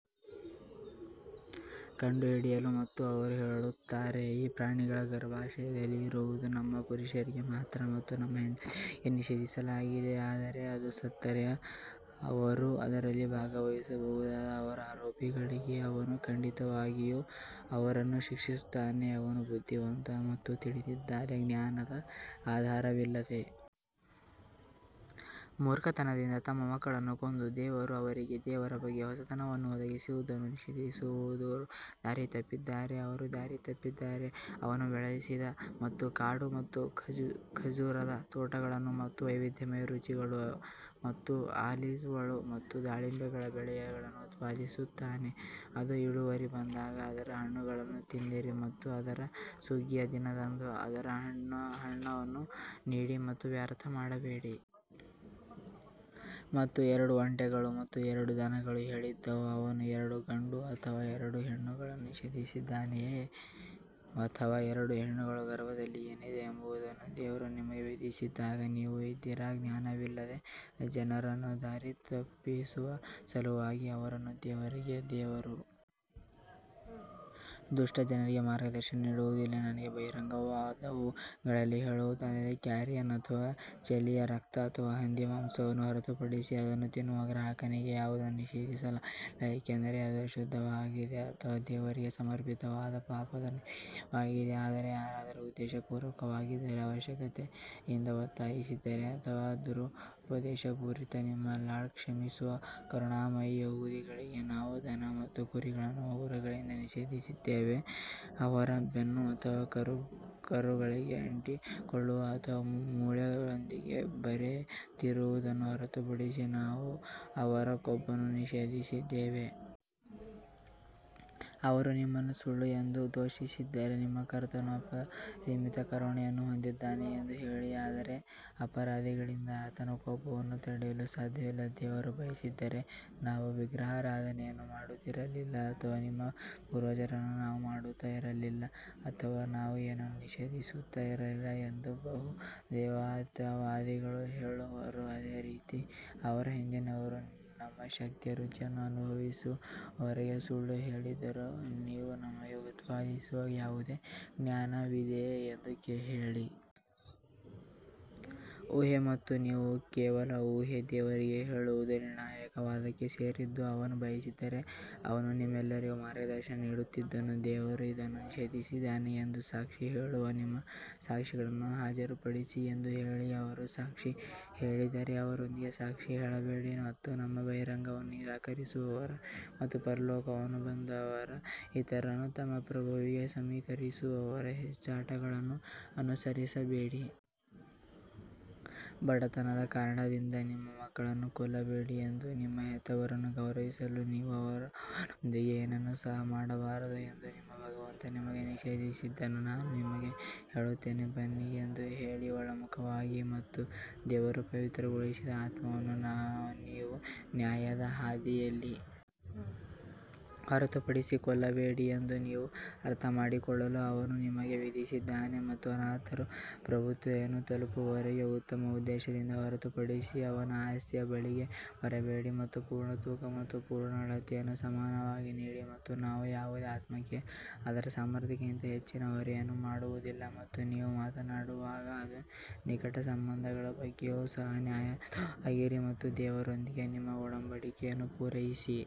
ಕಂಡುಹಿಡಿಯಲು ಮತ್ತು ಅವರು ಹೇಳುತ್ತಾರೆ, ಈ ಪ್ರಾಣಿಗಳ ಗರ್ಭಾಶಯದಲ್ಲಿ ಇರುವುದು ನಮ್ಮ ಪುರುಷರಿಗೆ ಮಾತ್ರ ಮತ್ತು ನಮ್ಮ ಹೆಂಡತಿಯರಿಗೆ ನಿಷೇಧಿಸಲಾಗಿದೆ ಆದರೆ ಅದು ಸತ್ತರೆ ಅವರು ಅದರಲ್ಲಿ ಭಾಗವಹಿಸಬಹುದು ಅವರ ಆರೋಪಗಳಿಗೆ ಅವನು ಖಂಡಿತವಾಗಿಯೂ ಅವರನ್ನು ಶಿಕ್ಷಿಸುತ್ತಾನೆ, ಅವನು ಬುದ್ಧಿವಂತ ಮತ್ತು ತಿಳಿದಿದ್ದಾನೆ. ಜ್ಞಾನದ ಆಧಾರವಿಲ್ಲದೆ ಮೂರ್ಖತನದಿಂದ ತಮ್ಮ ಮಕ್ಕಳನ್ನು ಕೊಂದು ದೇವರು ಅವರಿಗೆ ದೇವರ ಬಗ್ಗೆ ಹೊಸತನವನ್ನು ಒದಗಿಸಿದ್ದನ್ನು ನಿಷೇಧಿಸುವವರು ದಾರಿ ತಪ್ಪಿದ್ದಾರೆ ಅವರು ದಾರಿ ತಪ್ಪಿದ್ದಾರೆ ಅವನು ಬೆಳೆಸಿದ ಮತ್ತು ಕಾಡು ಮತ್ತು ಖರ್ಜೂರದ ತೋಟಗಳನ್ನು ಮತ್ತು ವೈವಿಧ್ಯಮಯ ರುಚಿಗಳು ಮತ್ತು ಆಲಿವ್ಗಳು ಮತ್ತು ದಾಳಿಂಬೆಗಳ ಬೆಳೆಗಳನ್ನು ಉತ್ಪಾದಿಸುತ್ತಾನೆ, ಅದು ಇಳುವರಿ ಬಂದಾಗ ಅದರ ಹಣ್ಣುಗಳನ್ನು ತಿನ್ನಿರಿ ಮತ್ತು ಅದರ ಸುಗ್ಗಿಯ ದಿನದಂದು ಅದರ ಹಣವನ್ನು ನೀಡಿ ಮತ್ತು ವ್ಯರ್ಥ ಮಾಡಬೇಡಿ. ಮತ್ತು ಎರಡು ಒಂಟೆಗಳು ಮತ್ತು ಎರಡು ದನಗಳು ಹೇಳಿದವು, ಅವನು ಎರಡು ಗಂಡು ಅಥವಾ ಎರಡು ಹೆಣ್ಣುಗಳನ್ನು ನಿಷೇಧಿಸಿದ್ದಾನೆಯೇ ಅಥವಾ ಎರಡು ಹೆಣ್ಣುಗಳ ಗರ್ಭದಲ್ಲಿ ಏನಿದೆ ಎಂಬುದನ್ನು ದೇವರು ನಿಮಗೆ ವಿಧಿಸಿದಾಗ ನೀವು ಇದ್ದೀರಾ? ಜ್ಞಾನವಿಲ್ಲದೆ ಜನರನ್ನು ದಾರಿ ತಪ್ಪಿಸುವ ಸಲುವಾಗಿ ಅವರನ್ನು ದೇವರಿಗೆ ದೇವರು ದುಷ್ಟ ಜನರಿಗೆ ಮಾರ್ಗದರ್ಶನ ನೀಡುವುದಿಲ್ಲ ನನಗೆ ಬಹಿರಂಗವಾದವುಗಳಲ್ಲಿ ಹೇಳುವುದಾದರೆ, ಕ್ಯಾರಿಯನ್ ಅಥವಾ ಚೆಲ್ಲಿದ ರಕ್ತ ಅಥವಾ ಹಂದಿಯ ಮಾಂಸವನ್ನು ಹೊರತುಪಡಿಸಿ ಅದನ್ನು ತಿನ್ನುವ ಗ್ರಾಹಕನಿಗೆ ಯಾವುದನ್ನೂ ನಿಷೇಧಿಸಲಾಗಿಲ್ಲ ಏಕೆಂದರೆ ಅದು ಅಶುದ್ಧವಾಗಿದೆ ಅಥವಾ ದೇವರಿಗೆ ಸಮರ್ಪಿತವಾದ ಪಾಪದ ನೈವೇದ್ಯವಾಗಿದೆ ಆದರೆ ಯಾರಾದರೂ ಉದ್ದೇಶಪೂರ್ವಕವಾಗಿರದೆ ಅವಶ್ಯಕತೆಯಿಂದ ಒತ್ತಾಯಿಸಿದರೆ ಅಥವಾ ದುರುದ್ದೇಶಪೂರಿತ ನಿಮ್ಮ ಲಾರ್ಡ್ ಕ್ಷಮಿಸುವ ಮತ್ತು ಕರುಣಾಮಯಿ ಯಹೂದಿಗಳಿಗೆ ನಾವು ದನ ಮತ್ತು ಕುರಿಗಳನ್ನು ಉಗುರುಗಳಿಂದ ನಿಷೇಧಿಸಿದ್ದೇವೆ, ಅವರ ಬೆನ್ನು ಅಥವಾ ಕರುಳುಗಳಿಗೆ ಅಂಟಿಕೊಳ್ಳುವ ಅಥವಾ ಮೂಳೆಯೊಂದಿಗೆ ಬೆರೆತಿರುವುದನ್ನು ಹೊರತುಪಡಿಸಿ ನಾವು ಅವರ ಕೊಬ್ಬನ್ನು ನಿಷೇಧಿಸಿದ್ದೇವೆ. ಅವರು ನಿಮ್ಮನ್ನು ಸುಳ್ಳು ಎಂದು ದೂಷಿಸಿದರೆ, ನಿಮ್ಮ ಕರ್ತನು ಅಪರಿಮಿತ ಕರುಣೆಯನ್ನು ಹೊಂದಿದ್ದಾನೆ ಎಂದು ಹೇಳಿ ಆದರೆ ಅಪರಾಧಿಗಳಿಂದ ಆತನ ಕೋಪವನ್ನು ತಡೆಯಲು ಸಾಧ್ಯವಿಲ್ಲ. ದೇವರು ಬಯಸಿದ್ದರೆ ನಾವು ವಿಗ್ರಹಾರಾಧನೆಯನ್ನು ಮಾಡುತ್ತಿರಲಿಲ್ಲ ಅಥವಾ ನಮ್ಮ ಪೂರ್ವಜರನ್ನು ನಾವು ಮಾಡುತ್ತಿರಲಿಲ್ಲ ಅಥವಾ ನಾವು ಏನನ್ನೂ ನಿಷೇಧಿಸುತ್ತಿರಲಿಲ್ಲ ಎಂದು ಬಹುದೇವತಾವಾದಿಗಳು ಹೇಳುವರು ಅದೇ ರೀತಿ ಅವರ ಹಿಂದಿನವರು ನಮ್ಮ ಶಕ್ತಿಯ ರುಚಿಯನ್ನು ಅನುಭವಿಸುವವರೆಗೆ ಸುಳ್ಳು ಹೇಳಿದರು, ನೀವು ನಮಗೆ ಉತ್ಪಾದಿಸುವ ಯಾವುದೇ ಜ್ಞಾನವಿದೆಯೇ ಎಂದು ಹೇಳಿ. ಊಹೆ ಮತ್ತು ನೀವು ಕೇವಲ ಊಹೆ ದೇವರಿಗೆ ಹೇಳುವುದು ನಿರ್ಣಾಯಕ ವಾದಕ್ಕೆ ಸೇರಿದ್ದು ಅವನು ಬಯಸಿದ್ದರೆ ಅವನು ನಿಮ್ಮೆಲ್ಲರಿಗೂ ಮಾರ್ಗದರ್ಶನ ನೀಡುತ್ತಿದ್ದನು ದೇವರು ಇದನ್ನು ನಿಷೇಧಿಸಿದ್ದಾನೆ ಎಂದು ಸಾಕ್ಷಿ ಹೇಳುವ ನಿಮ್ಮ ಸಾಕ್ಷಿಗಳನ್ನು ಹಾಜರುಪಡಿಸಿ ಎಂದು ಹೇಳಿ, ಅವರು ಸಾಕ್ಷಿ ಹೇಳಿದರೆ ಅವರೊಂದಿಗೆ ಸಾಕ್ಷಿ ಹೇಳಬೇಡಿ ಮತ್ತು ನಮ್ಮ ಬಹಿರಂಗವನ್ನು ನಿರಾಕರಿಸುವವರ ಮತ್ತು ಪರಲೋಕವನ್ನು ನಂಬದವರ ಮತ್ತು ಇತರರನ್ನು ತಮ್ಮ ಪ್ರಭುವಿಗೆ ಸಮೀಕರಿಸುವವರ ಹುಚ್ಚಾಟಗಳನ್ನು ಅನುಸರಿಸಬೇಡಿ. ಬಡತನದ ಕಾರಣದಿಂದ ನಿಮ್ಮ ಮಕ್ಕಳನ್ನು ಕೊಲ್ಲಬೇಡಿ ಎಂದು ನಿಮ್ಮ ಹೆತ್ತವರನ್ನು ಗೌರವಿಸಲು ನೀವು ಅವನೊಂದಿಗೆ ಏನನ್ನೂ ಸಹ ಮಾಡಬಾರದು ಎಂದು ನಿಮ್ಮ ಭಗವಂತ ನಿಮಗೆ ನಿಷೇಧಿಸಿದ್ದನ್ನು ನಾನು ನಿಮಗೆ ಹೇಳುತ್ತೇನೆ ಬನ್ನಿ ಎಂದು ಹೇಳಿ. ಒಳಮುಖವಾಗಿ ಮತ್ತು ದೇವರು ಪವಿತ್ರಗೊಳಿಸಿದ ಆತ್ಮವನ್ನು ನೀವು ನ್ಯಾಯದ ಹಾದಿಯಲ್ಲಿ ಹೊರತುಪಡಿಸಿ ಕೊಲ್ಲಬೇಡಿ ಎಂದು ನೀವು ಅರ್ಥಮಾಡಿಕೊಳ್ಳಲು ಅವನು ನಿಮಗೆ ವಿಧಿಸಿದ್ದಾನೆ ಮತ್ತು ಅನಾಥನು ಪ್ರಬುದ್ಧತೆಯನ್ನು ತಲುಪುವವರೆಗೆ ಉತ್ತಮ ಉದ್ದೇಶದಿಂದ ಹೊರತುಪಡಿಸಿ ಅವನ ಆಸ್ತಿಯ ಬಳಿಗೆ ಬರಬೇಡಿ ಮತ್ತು ಪೂರ್ಣ ತೂಕ ಮತ್ತು ಪೂರ್ಣ ಅಳತೆಯನ್ನು ಸಮಾನವಾಗಿ ನೀಡಿ ಮತ್ತು ನಾವು ಯಾವುದೇ ಆತ್ಮಕ್ಕೆ ಅದರ ಸಾಮರ್ಥ್ಯಕ್ಕಿಂತ ಹೆಚ್ಚಿನ ಹೊರೆಯನ್ನು ಮಾಡುವುದಿಲ್ಲ ಮತ್ತು ನೀವು ಮಾತನಾಡುವಾಗ ಅದು ನಿಕಟ ಸಂಬಂಧಿಗಳ ಬಗ್ಗೆಯೂ ಸಹ ನ್ಯಾಯಯುತವಾಗಿರಿ ಮತ್ತು ದೇವರೊಂದಿಗೆ ನಿಮ್ಮ ಒಡಂಬಡಿಕೆಯನ್ನು ಪೂರೈಸಿ.